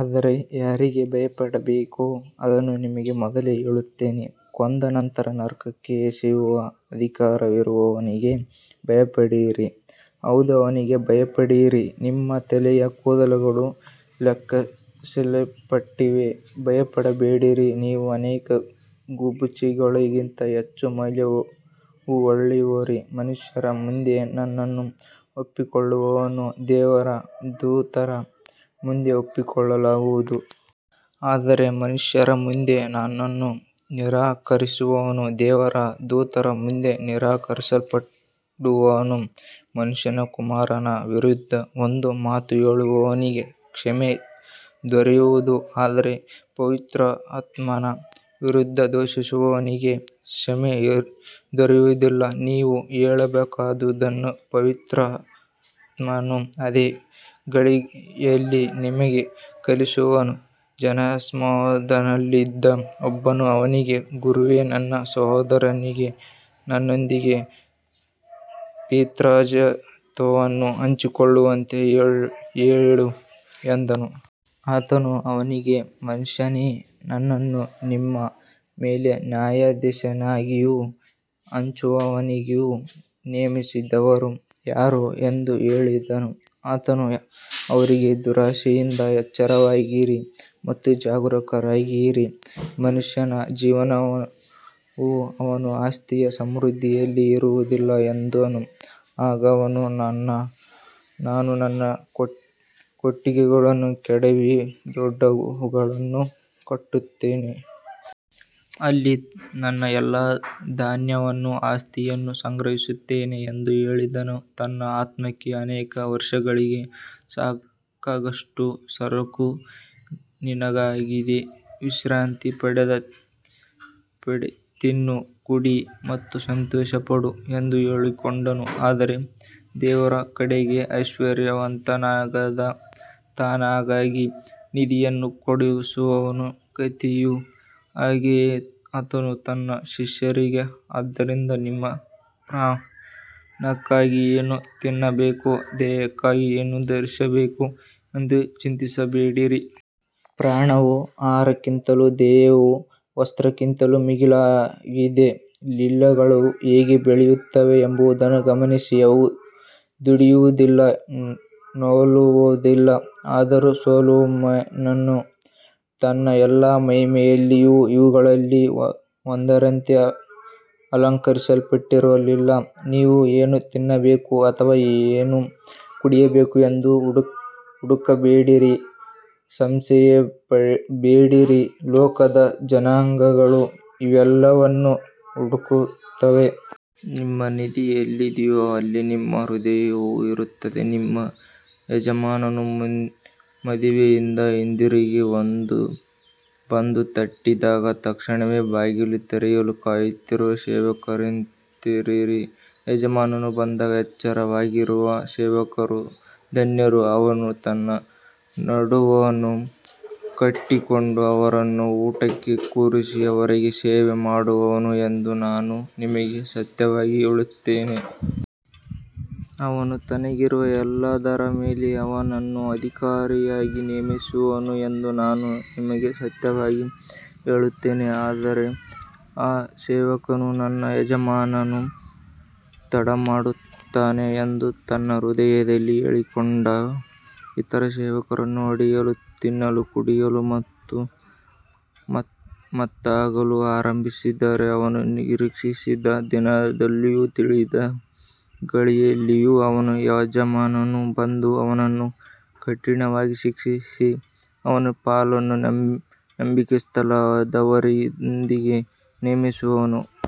ಆದರೆ ಯಾರಿಗೆ ಭಯಪಡಬೇಕೋ ಅದನ್ನು ನಿಮಗೆ ಮೊದಲೇ ಹೇಳುತ್ತೇನೆ. ಕೊಂದ ನಂತರ ನರಕಕ್ಕೆ ಎಸೆಯುವ ಅಧಿಕಾರವಿರುವವನಿಗೆ ಭಯಪಡಿರಿ. ಹೌದು, ಅವನಿಗೆ ಭಯಪಡಿರಿ. ನಿಮ್ಮ ತಲೆಯ ಕೂದಲುಗಳೂ ಲೆಕ್ಕಿಸಲ್ಪಟ್ಟಿವೆ. ಭಯಪಡಬೇಡಿರಿ, ನೀವು ಅನೇಕ ಗುಬ್ಬಚ್ಚಿಗಳಿಗಿಂತ ಹೆಚ್ಚು ಮೌಲ್ಯವುಳ್ಳವರು. ಮನುಷ್ಯರ ಮುಂದೆ ನನ್ನನ್ನು ಒಪ್ಪಿಕೊಳ್ಳುವವನನ್ನು ದೇವರ ದೂತರ ಮುಂದೆ ಒಪ್ಪಿಕೊಳ್ಳಲಾಗುವುದು. ಆದರೆ ಮನುಷ್ಯರ ಮುಂದೆ ನನ್ನನ್ನು ನಿರಾಕರಿಸುವವನು ದೇವರ ದೂತರ ಮುಂದೆ ನಿರಾಕರಿಸಲ್ಪಡುವನು. ಮನುಷ್ಯಕುಮಾರನ ವಿರುದ್ಧ ಒಂದು ಮಾತು ಹೇಳುವವನಿಗೆ ಕ್ಷಮೆ ದೊರೆಯುವುದು, ಆದರೆ ಪವಿತ್ರಾತ್ಮನ ವಿರುದ್ಧ ದೂಷಿಸುವವನಿಗೆ ಕ್ಷಮೆ ದೊರೆಯುವುದಿಲ್ಲ. ನೀವು ಹೇಳಬೇಕಾದುದನ್ನು ಪವಿತ್ರಾತ್ಮನು ಅದೇ ಗಳಿಗೆಯಲ್ಲಿ ನಿಮಗೆ ಕಲಿಸುವನು. ಜನಸಮೂಹದಲ್ಲಿದ್ದ ಒಬ್ಬನು ಅವನಿಗೆ, ಗುರುವೇ, ನನ್ನ ಸಹೋದರನಿಗೆ ನನ್ನೊಂದಿಗೆ ಪಿತ್ರಾರ್ಜಿತವನ್ನು ಹಂಚಿಕೊಳ್ಳುವಂತೆ ಹೇಳು ಎಂದನು. ಆತನು ಅವನಿಗೆ, ಮನುಷ್ಯನೇ, ನನ್ನನ್ನು ನಿಮ್ಮ ಮೇಲೆ ನ್ಯಾಯಾಧೀಶನಾಗಿಯೂ ಹಂಚುವವನಾಗಿಯೂ ನೇಮಿಸಿದವರು ಯಾರು ಎಂದು ಹೇಳಿದನು. ಆತನು ಅವರಿಗೆ, ದುರಾಶೆಯಿಂದ ಎಚ್ಚರವಾಗಿರಿ ಮತ್ತು ಜಾಗರೂಕರಾಗಿರಿ. ಮನುಷ್ಯನ ಜೀವನವು ಅವನ ಆಸ್ತಿಯ ಸಮೃದ್ಧಿಯಲ್ಲಿ ಇರುವುದಿಲ್ಲ ಎಂದನು. ಆಗ ಅವನು, ನಾನು ನನ್ನ ಕೊಟ್ಟಿಗೆಗಳನ್ನು ಕೆಡವಿ ದೊಡ್ಡವುಗಳನ್ನು ಕಟ್ಟುತ್ತೇನೆ. ಅಲ್ಲಿ ನನ್ನ ಎಲ್ಲಾ ಧಾನ್ಯವನ್ನೂ ಆಸ್ತಿಯನ್ನೂ ಸಂಗ್ರಹಿಸುತ್ತೇನೆ ಎಂದು ಹೇಳಿದನು. ತನ್ನ ಆತ್ಮಕ್ಕೆ, ಅನೇಕ ವರ್ಷಗಳಿಗೆ ಸಾಕಾಗುವಷ್ಟು ಸರಕು ನಿನಗಿದೆ. ವಿಶ್ರಾಂತಿ ಪಡೆ, ತಿನ್ನು, ಕುಡಿ ಮತ್ತು ಸಂತೋಷಪಡು ಎಂದು ಹೇಳಿಕೊಂಡನು. ಆದರೆ ದೇವರ ಕಡೆಗೆ ಐಶ್ವರ್ಯವಂತನಾಗದೆ ತನಗಾಗಿ ನಿಧಿಯನ್ನು ಕೂಡಿಸುವವನ ಗತಿಯೂ ಹಾಗೆಯೇ. ಆತನು ತನ್ನ ಶಿಷ್ಯರಿಗೆ, ಆದ್ದರಿಂದ ನಿಮ್ಮ ಪ್ರಾಣಕ್ಕಾಗಿ ಏನು ತಿನ್ನಬೇಕು, ದೇಹಕ್ಕಾಗಿ ಏನು ಧರಿಸಬೇಕು ಎಂದು ಚಿಂತಿಸಬೇಡಿರಿ. ಪ್ರಾಣವು ಆಹಾರಕ್ಕಿಂತಲೂ ದೇಹವು ವಸ್ತ್ರಕ್ಕಿಂತಲೂ ಮಿಗಿಲಾಗಿದೆ. ಲಿಲ್ಲಿಗಳು ಹೇಗೆ ಬೆಳೆಯುತ್ತವೆ ಎಂಬುದನ್ನು ಗಮನಿಸಿ. ಅವು ದುಡಿಯುವುದಿಲ್ಲ, ನೂಲುವುದಿಲ್ಲ. ಆದರೂ ಸೊಲೊಮೋನನು ತನ್ನ ಎಲ್ಲಾ ಮಹಿಮೆಯಲ್ಲಿಯೂ ಇವುಗಳಲ್ಲಿ ಒಂದರಂತೆ ಅಲಂಕರಿಸಲ್ಪಟ್ಟಿರಲಿಲ್ಲ. ನೀವು ಏನು ತಿನ್ನಬೇಕು ಅಥವಾ ಏನು ಕುಡಿಯಬೇಕು ಎಂದು ಹುಡುಕಬೇಡಿರಿ, ಸಂಶಯಿಸಬೇಡಿರಿ. ಲೋಕದ ಜನಾಂಗಗಳು ಇವೆಲ್ಲವನ್ನೂ ಹುಡುಕುತ್ತವೆ. ನಿಮ್ಮ ನಿಧಿ ಎಲ್ಲಿದೆಯೋ ಅಲ್ಲಿ ನಿಮ್ಮ ಹೃದಯವೂ ಇರುತ್ತದೆ. ನಿಮ್ಮ ಯಜಮಾನನು ಮದುವೆಯಿಂದ ಹಿಂದಿರುಗಿ ಬಂದು ತಟ್ಟಿದಾಗ ತಕ್ಷಣವೇ ಬಾಗಿಲು ತೆರೆಯಲು ಕಾಯುತ್ತಿರುವ ಸೇವಕರಂತಿರಿರಿ. ಯಜಮಾನನು ಬಂದಾಗ ಎಚ್ಚರವಾಗಿರುವ ಸೇವಕರು ಧನ್ಯರು. ಅವನು ತನ್ನ ನಡುವನ್ನು ಕಟ್ಟಿಕೊಂಡು ಅವರನ್ನು ಊಟಕ್ಕೆ ಕೂರಿಸಿ ಅವರಿಗೆ ಸೇವೆ ಮಾಡುವನು ಎಂದು ನಾನು ನಿಮಗೆ ಸತ್ಯವಾಗಿ ಹೇಳುತ್ತೇನೆ. ಅವನು ತನಗಿರುವ ಎಲ್ಲದರ ಮೇಲೆ ಅವನನ್ನು ಅಧಿಕಾರಿಯಾಗಿ ನೇಮಿಸುವನು ಎಂದು ನಾನು ನಿಮಗೆ ಸತ್ಯವಾಗಿ ಹೇಳುತ್ತೇನೆ. ಆದರೆ ಆ ಸೇವಕನು, ನನ್ನ ಯಜಮಾನನು ತಡಮಾಡುತ್ತಾನೆ ಎಂದು ತನ್ನ ಹೃದಯದಲ್ಲಿ ಹೇಳಿಕೊಂಡು ಇತರ ಸೇವಕರನ್ನು ಹೊಡೆಯಲು, ತಿನ್ನಲು, ಕುಡಿಯಲು ಮತ್ತು ಮತ್ತಾಗಲು ಆರಂಭಿಸಿದರೆ, ಅವನು ನಿರೀಕ್ಷಿಸದ ದಿನದಲ್ಲಿಯೂ ತಿಳಿಯದ ಗಳಿಗೆಯಲ್ಲಿಯೂ ಅವನ ಯಜಮಾನನು ಬಂದು ಅವನನ್ನು ಕಠಿಣವಾಗಿ ಶಿಕ್ಷಿಸಿ ಅವನ ಪಾಲನ್ನು ನಂಬಿಗಸ್ತರಲ್ಲದವರೊಂದಿಗೆ ನೇಮಿಸುವನು.